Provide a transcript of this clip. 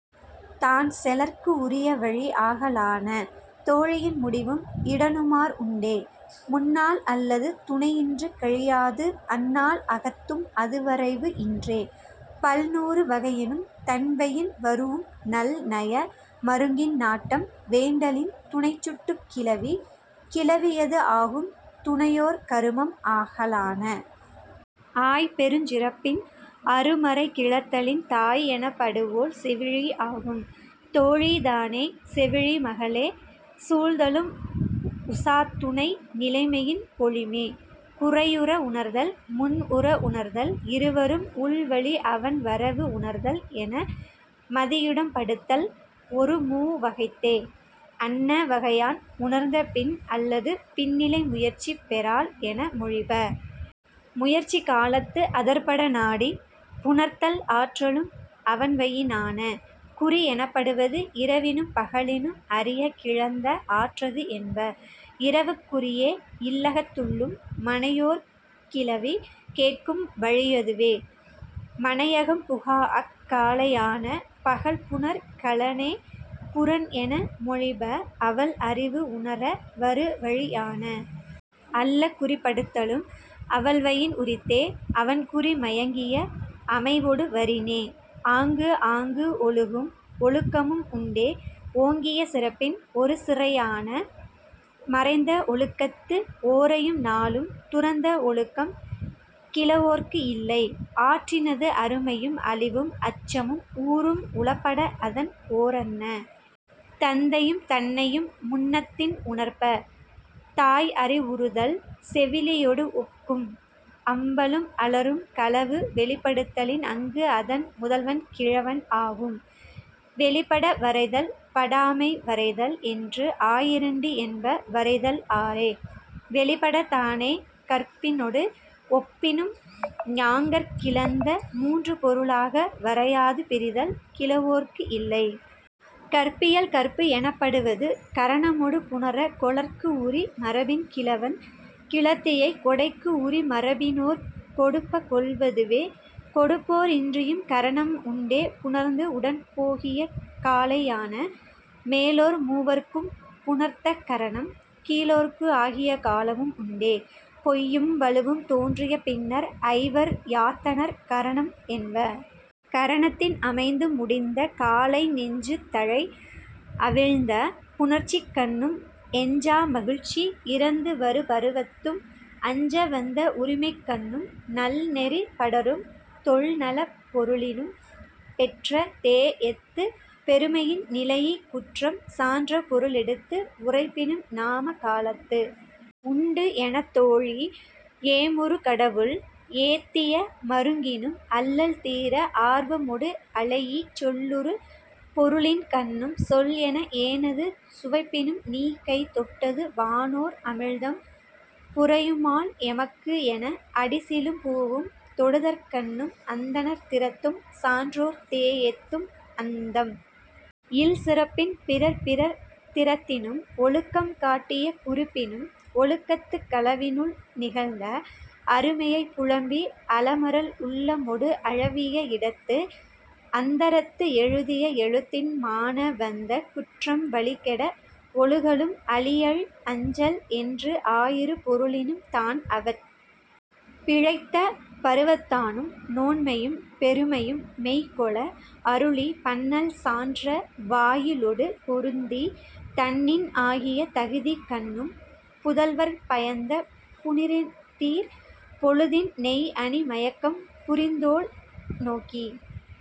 தான் செலற்கு உரிய வழி ஆகலான. தோழியின் முடியும் இடனுமார் உண்டே. முந் நாள் அல்லது துணை இன்று கழியாது அந் நாள் அகத்தும் அது வரைவு இன்றே. பல் நூறு வகையினும் தன் வயின் வரூஉம் நல் நய மருங்கின் நாட்டம் வேண்டலின் துணைச் சுட்டுக் கிளவி கிழவியது ஆகும் துணையோர் கருமம் ஆகலான. ஆய் பெருஞ் சிறப்பின் அரு மறை கிளத்தலின் தாய் எனப்படுவோள் செவிலி ஆகும். தோழிதானே செவிலி மகளே. சூழ்தலும் உசாத்துணை நிலைமையின் பொலிமே. குறையுற உணர்தல் முன் உற உணர்தல் இருவரும் உள்வழி அவன் வரவு உணர்தல் என மதியுடம்படுத்தல் ஒரு மூ வகைத்தே. அன்ன வகையான் உணர்ந்த பின் அல்லது பின்னிலை முயற்சி பெறாள் என மொழிப. முயற்சிக் காலத்து அதற்பட நாடி புணர்த்தல் ஆற்றலும் அவள்வயினான. குறி எனப்படுவது இரவினும் பகலினும் அறியக் கிளந்த ஆற்றது என்ப. இரவுக் குறியே இல்லகத்துள்ளும் மனையோர் கிளவி கேட்கும் வழியதுவே மனையகம் புகாஅக் காலையான. பகல் புணர் களனே புறன் என மொழிப அவள் அறிவு உணர வரு வழியான. அல்லகுறிப்படுதலும் அவள்வயின் உரித்தே அவன் குறி மயங்கிய அமைவொடு வரினே. ஆங்கு ஆங்கு ஒழுகும் ஒழுக்கமும் உண்டே ஓங்கிய சிறப்பின் ஒரு சிறையான. மறைந்த ஒழுக்கத்து ஓரையும் நாளும் துறந்த ஒழுக்கம் கிழவோற்கு இல்லை. ஆற்றினது அருமையும் அழிவும் அச்சமும் ஊறும் உளப்பட அதன் ஓரன்ன. தந்தையும் தன்னையும் முன்னத்தின் உணர்ப. தாய் அறிவுறுதல் செவிலியொடு ஒக்கும். அம்பலும் அலரும் களவு வெளிப்படுத்தலின் அங்கு அதன் முதல்வன் கிழவன் ஆகும். வெளிப்பட வரைதல் படாமை வரைதல் என்று ஆயிரண்டு என்ப வரைதல் ஆறே. வெளிப்படைதானே கற்பினொடு ஒப்பினும் ஞாங்கர்க் கிளந்த மூன்று பொருளாக வரையாது பிரிதல் கிழவோற்கு இல்லை.. கற்பியல் கற்பு எனப்படுவது கரணமொடு புணர கொளற்கு உரி மரபின் கிழவன் கிழத்தியை கொடைக்கு உரி மரபினோர் கொடுப்ப கொள்வதுவே. கொடுப்போர் இன்றியும் கரணம் உண்டே புணர்ந்து உடன் போகிய காலையான. மேலோர் மூவர்க்கும் புணர்த்த கரணம் கீழோர்க்கு ஆகிய காலமும் உண்டே. பொய்யும் வழுவும் தோன்றிய பின்னர் ஐவர் யாத்தனர் கரணம் என்ப. கரணத்தின் அமைந்து முடிந்த காலை நெஞ்சு தளை அவிழ்ந்த புணர்ச்சிக்கண்ணும் எஞ்சா மகிழ்ச்சி இறந்து வரு பருவத்தும் அஞ்ச வந்த உரிமைக்கண்ணும் நல் நெறிப் படரும் தொல் நலப் பொருளினும் பெற்ற தேஎத்துப் பெருமையின் நிலைஇ குற்றம் சான்ற பொருள் எடுத்து உரைப்பினும் நாமக் காலத்து உண்டு எனத் தோழி ஏமுறு கடவுள் ஏத்திய மருங்கினும் அல்லல் தீர ஆர்வமொடு அளைஇ சொல்லுறு பொருளின்கண்ணும் சொல் என ஏனது சுவைப்பினும் நீ கை தொட்டது வானோர் அமிழ்தம் புரையுமால் எமக்கு என அடிசிலும் பூவும் தொடுதற்கண்ணும் அந்தணர் திறத்தும் சான்றோர் தேஎத்தும் அந்தம் இல் சிறப்பின் பிறர் பிறர் திறத்தினும் ஒழுக்கம் காட்டிய குறிப்பினும் ஒழுக்கத்துக் களவினுள் நிகழ்ந்த அருமையைப் புலம்பி அலமரல் உள்ளமொடு அளவிய இடத்து அந்தரத்து எழுதிய எழுத்தின் மான வந்த குற்றம் வழி கெட ஒழுகலும் அழியல் அஞ்சல் என்று ஆயிரு பொருளினும் தான் அவட் பிழைத்த பருவத்தானும் நோன்மையும் பெருமையும் மெய் கொள அருளி பன்னல் சான்ற வாயிலொடு பொருந்தி தன்னின் ஆகிய தகுதிக்கண்ணும் புதல்வற் பயந்த புனிறு தீர் பொழுதின் நெய் அணி மயக்கம் புரிந்தோள் நோக்கி